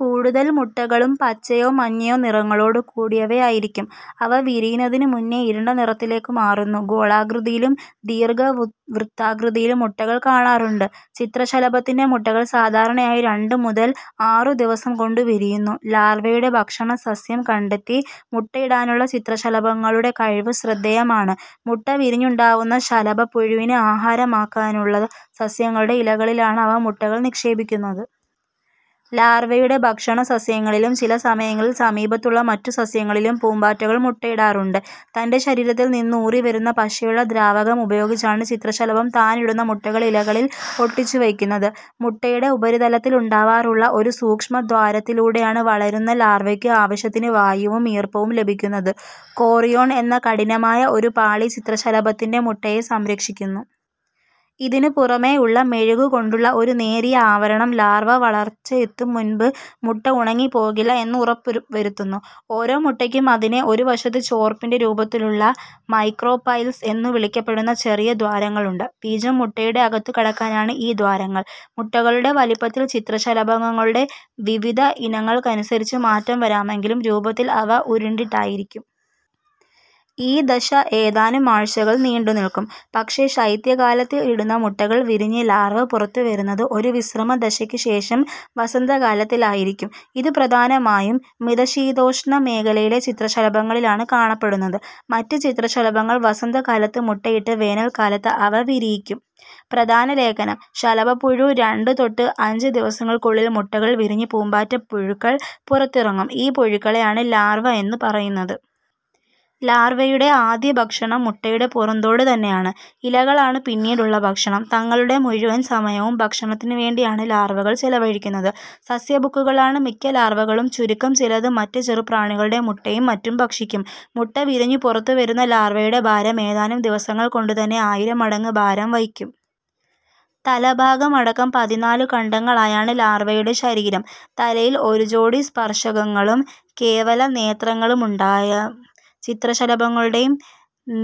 കൂടുതൽ മുട്ടകളും പച്ചയോ മഞ്ഞയോ നിറങ്ങളോടു കൂടിയവയായിരിക്കും. അവ വിരിയുന്നതിനു മുന്നെ ഇരുണ്ട നിറത്തിലേക്ക് മാറുന്നു. ഗോളാകൃതിയിലും ദീർഘവുത്താകൃതിയിലും മുട്ടകൾ കാണാറുണ്ട്. ചിത്രശലഭത്തിന്റെ മുട്ടകൾ സാധാരണയായി രണ്ടു മുതൽ ആറു ദിവസം കൊണ്ടു വിരിയുന്നു. ലാർവ്വയുടെ ഭക്ഷണസസ്യം കണ്ടെത്തി മുട്ടയിടാനുള്ള ചിത്രശലഭങ്ങളുടെ കഴിവ് ശ്രദ്ധേയമാണ്. മുട്ട വിരിഞ്ഞുണ്ടാവുന്ന ശലഭപ്പുഴുവിന്ന്ആഹാരമാക്കാനുള്ള സസ്യങ്ങളുടെ ഇലകളിലാണ് അവ മുട്ടകൾ നിക്ഷേപിക്കുന്നത്. ലാർവ്വയുടെ ഭക്ഷണസസ്യങ്ങളിലും ചില സമയങ്ങളിൽ സമീപത്തുള്ള മറ്റു സസ്യങ്ങളിലും പൂമ്പാറ്റകൾ മുട്ടയിടാറുണ്ട്. തന്റെ ശരീരത്തിൽ നിന്നൂറിവരുന്ന പശയുള്ള ദ്രാവകമുപയോഗിച്ചാണ് ചിത്രശലഭം താനിടുന്ന മുട്ടകൾ ഇലകളിൽ ഒട്ടിച്ചുവെയ്ക്കുന്നത്. മുട്ടയുടെ ഉപരിതലത്തിലുണ്ടാവാറുള്ള ഒരു സൂക്ഷ്മദ്വാരത്തിലൂടെയാണ് വളരുന്ന ലാർവക്ക് ആവശ്യത്തിന് വായുവും ഈർപ്പവും ലഭിക്കുന്നത്. 'കോറിയോൺ' എന്ന കഠിനമായ ഒരു പാളി ചിത്രശലഭത്തിന്റെ മുട്ടയെ സംരക്ഷിക്കുന്നു. ഇതിനു പുറമേ ഉള്ള മെഴുകുകൊണ്ടുള്ള ഒരു നേരിയ ആവരണം ലാർവ വളർച്ചയെത്തുംമുൻപ് മുട്ട ഉണങ്ങിപ്പോകില്ല എന്ന് ഉറപ്പുരുത്തുന്നു. ഓരോ മുട്ടയ്ക്കും അതിനെ ഒരു വശത്ത് ചോർപ്പിന്റെ രൂപത്തിലുള്ള 'മൈക്രോപൈൽസ്' എന്നു വിളിക്കപ്പെടുന്ന ചെറിയ ദ്വാരങ്ങളുണ്ട്. ബീജം മുട്ടയുടെ അകത്തുകടക്കാനാണ് ഈ ദ്വാരങ്ങൾ. മുട്ടകളുടെ വലിപ്പത്തിൽ ചിത്രശലഭങ്ങളുടെ വിവിധ ഇനങ്ങൾക്കനുസരിച്ച് മാറ്റം വരാമെങ്കിലും രൂപത്തിൽ അവ ഉരുണ്ടിട്ടായിരിക്കും. ഈ ദശ ഏതാനും ആഴ്ചകൾ നീണ്ടുനിൽക്കും. പക്ഷേ, ശൈത്യകാലത്ത് ഇടുന്ന മുട്ടകൾ വിരിഞ്ഞ് ലാർവ പുറത്തുവരുന്നത് ഒരു വിശ്രമ ദശക്ക് ശേഷം വസന്തകാലത്തിൽ ആയിരിക്കും. ഇതു പ്രധാനമായും മിതശീതോഷ്ണമേഖലയിലെ ചിത്രശലഭങ്ങളിലാണ് കാണപ്പെടുന്നത്. മറ്റ് ചിത്രശലഭങ്ങൾ വസന്തകാലത്ത് മുട്ടയിട്ട് വേനൽക്കാലത്ത് അവ വിരിയിക്കും. പ്രധാന ലേഖനം: ശലഭപ്പുഴു രണ്ട് തൊട്ട് അഞ്ച് ദിവസങ്ങൾക്കുള്ളിൽ മുട്ടകൾ വിരിഞ്ഞ് പൂമ്പാറ്റപ്പുഴുക്കൾ പുറത്തിറങ്ങും, ഈ പുഴുക്കളെയാണ് ലാർവ എന്നു പറയുന്നത്. ലാർവയുടെ ആദ്യഭക്ഷണം മുട്ടയുടെ പുറന്തോട് തന്നെയാണ്. ഇലകളാണ് പിന്നീടുള്ള ഭക്ഷണം. തങ്ങളുടെ മുഴുവൻ സമയവും ഭക്ഷണത്തിനു വേണ്ടിയാണ് ലാർവകൾ ചെലവഴിക്കുന്നത്. സസ്യഭുക്കുകളാണ് മിക്ക ലാർവകളും, ചുരുക്കം ചിലത് മറ്റ് ചെറുപ്രാണികളുടെ മുട്ടയും മറ്റും ഭക്ഷിക്കും. മുട്ടവിരിഞ്ഞുപുറത്തു വരുന്ന ലാർവയുടെ ഭാരം ഏതാനും ദിവസങ്ങൾ കൊണ്ടുതന്നെ ആയിരം മടങ്ങ് ഭാരം വയ്ക്കും. തലഭാഗമടക്കം പതിനാലുഖണ്ഡങ്ങളായാണ് ലാർവയുടെ ശരീരം. തലയിൽ ഒരുജോടി സ്പർശകങ്ങളും കേവലനേത്രങ്ങളുമുണ്ടാവും ചിത്രശലഭങ്ങളുടെയും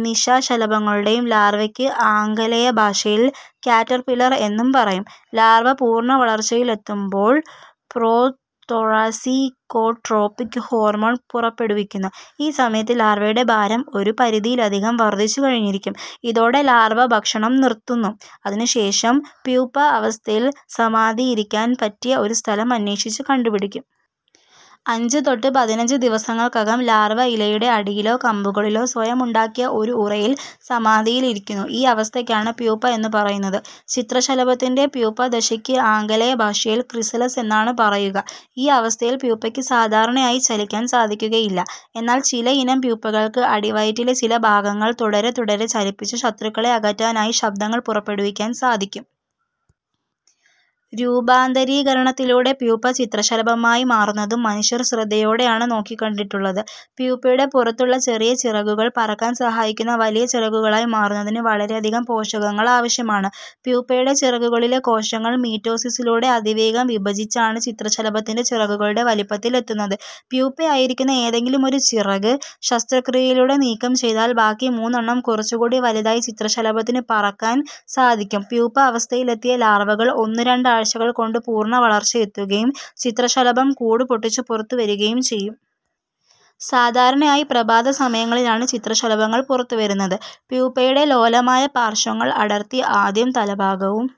നിശാശലഭങ്ങളുടെയും ലാർവയ്ക്ക് ആംഗലേയഭാഷയിൽ കാറ്റർപില്ലർ എന്നും പറയും. ലാർവ്വ പൂർണ്ണവളർച്ചയിലെത്തുമ്പോൾ പ്രോതൊറാസിക്കോട്രോപ്പിക് ഹോർമോൺ പുറപ്പെടുവിക്കുന്നു. ഈ സമയത്ത് ലാർവ്വയുടെ ഭാരം ഒരു പരിധിയിലധികം വർദ്ധിച്ചുകഴിഞ്ഞിരിക്കും. ഇതോടെ ലാർവ ഭക്ഷണം നിർത്തുന്നു, അതിനുശേഷം പ്യൂപ്പ അവസ്ഥയിൽ സമാധിയിരിക്കാൻ പറ്റിയ ഒരു സ്ഥലം അന്വേഷിച്ചു കണ്ടുപിടിക്കും. അഞ്ച് തൊട്ട് പതിനഞ്ച് ദിവസങ്ങൾക്കകം ലാർവ ഇലയുടെ അടിയിലോ, കമ്പുകളിലോ, സ്വയം ഉണ്ടാക്കിയ ഒരു ഉറയിൽ സമാധിയിലിരിക്കുന്നു, ഈ അവസ്ഥയ്ക്കാണ് പ്യൂപ്പ എന്നു പറയുന്നത്. ചിത്രശലഭത്തിന്റെ പ്യൂപ്പദശക്ക് ആംഗലേയഭാഷയിൽ ക്രിസലിസ് എന്നാണ് പറയുക. ഈ അവസ്ഥയിൽ പ്യൂപ്പക്ക് സാധാരണയായി ചലിക്കാൻ സാധിക്കുകയില്ല. എന്നാൽ ചില ഇനം പ്യൂപ്പകൾക്ക് അടിവയറ്റിലെ ചില ഭാഗങ്ങൾ തുടരെ തുടരെ ചലിപ്പിച്ച് ശത്രുക്കളെ അകറ്റാനായി ശബ്ദങ്ങൾ പുറപ്പെടുവിക്കാൻ സാധിക്കും. രൂപാന്തരീകരണത്തിലൂടെ പ്യൂപ്പ ചിത്രശലഭമായി മാറുന്നത് മനുഷ്യർ ശ്രദ്ധയോടെയാണ് നോക്കിക്കണ്ടിട്ടുള്ളത്. പ്യൂപ്പയുടെ പുറത്തുള്ള ചെറിയ ചിറകുകൾ പറക്കാൻ സഹായിക്കുന്ന വലിയ ചിറകുകളായി മാറുന്നതിന് വളരെയധികം പോഷകങ്ങൾ ആവശ്യമാണ്. പ്യൂപ്പയുടെ ചിറകുകളിലെ കോശങ്ങൾ മീറ്റോസിസിലൂടെ അതിവേഗം വിഭജിച്ച് ആണ് ചിത്രശലഭത്തിന്റെ ചിറകുകളുടെ വലിപ്പത്തിൽ എത്തുന്നത്. പ്യൂപ്പയായിരിക്കുന്ന ഏതെങ്കിലും ഒരു ചിറക് ശസ്ത്രക്രിയയിലൂടെ നീക്കം ചെയ്താൽ ബാക്കി മൂന്നെണ്ണം കുറച്ചുകൂടി വലുതായി ചിത്രശലഭത്തിന് പറക്കാൻ സാധിക്കും പ്യൂപ്പ അവസ്ഥയിലെത്തിയ ലാർവകൾ ഒന്നു രണ്ടാഴ്ചകൾ കൊണ്ട് പൂർണ്ണവളർച്ചയെത്തുകയും ചിത്രശലഭം കൂടു പൊട്ടിച്ചു പുറത്തുവരികയും ചെയ്യും. സാധാരണയായി പ്രഭാതസമയങ്ങളിലാണ് ചിത്രശലഭങ്ങൾ പുറത്തുവരുന്നത്. പ്യൂപ്പയുടെ ലോലമായ പാർശ്വങ്ങൾ അടർത്തി ആദ്യം തലഭാഗവും,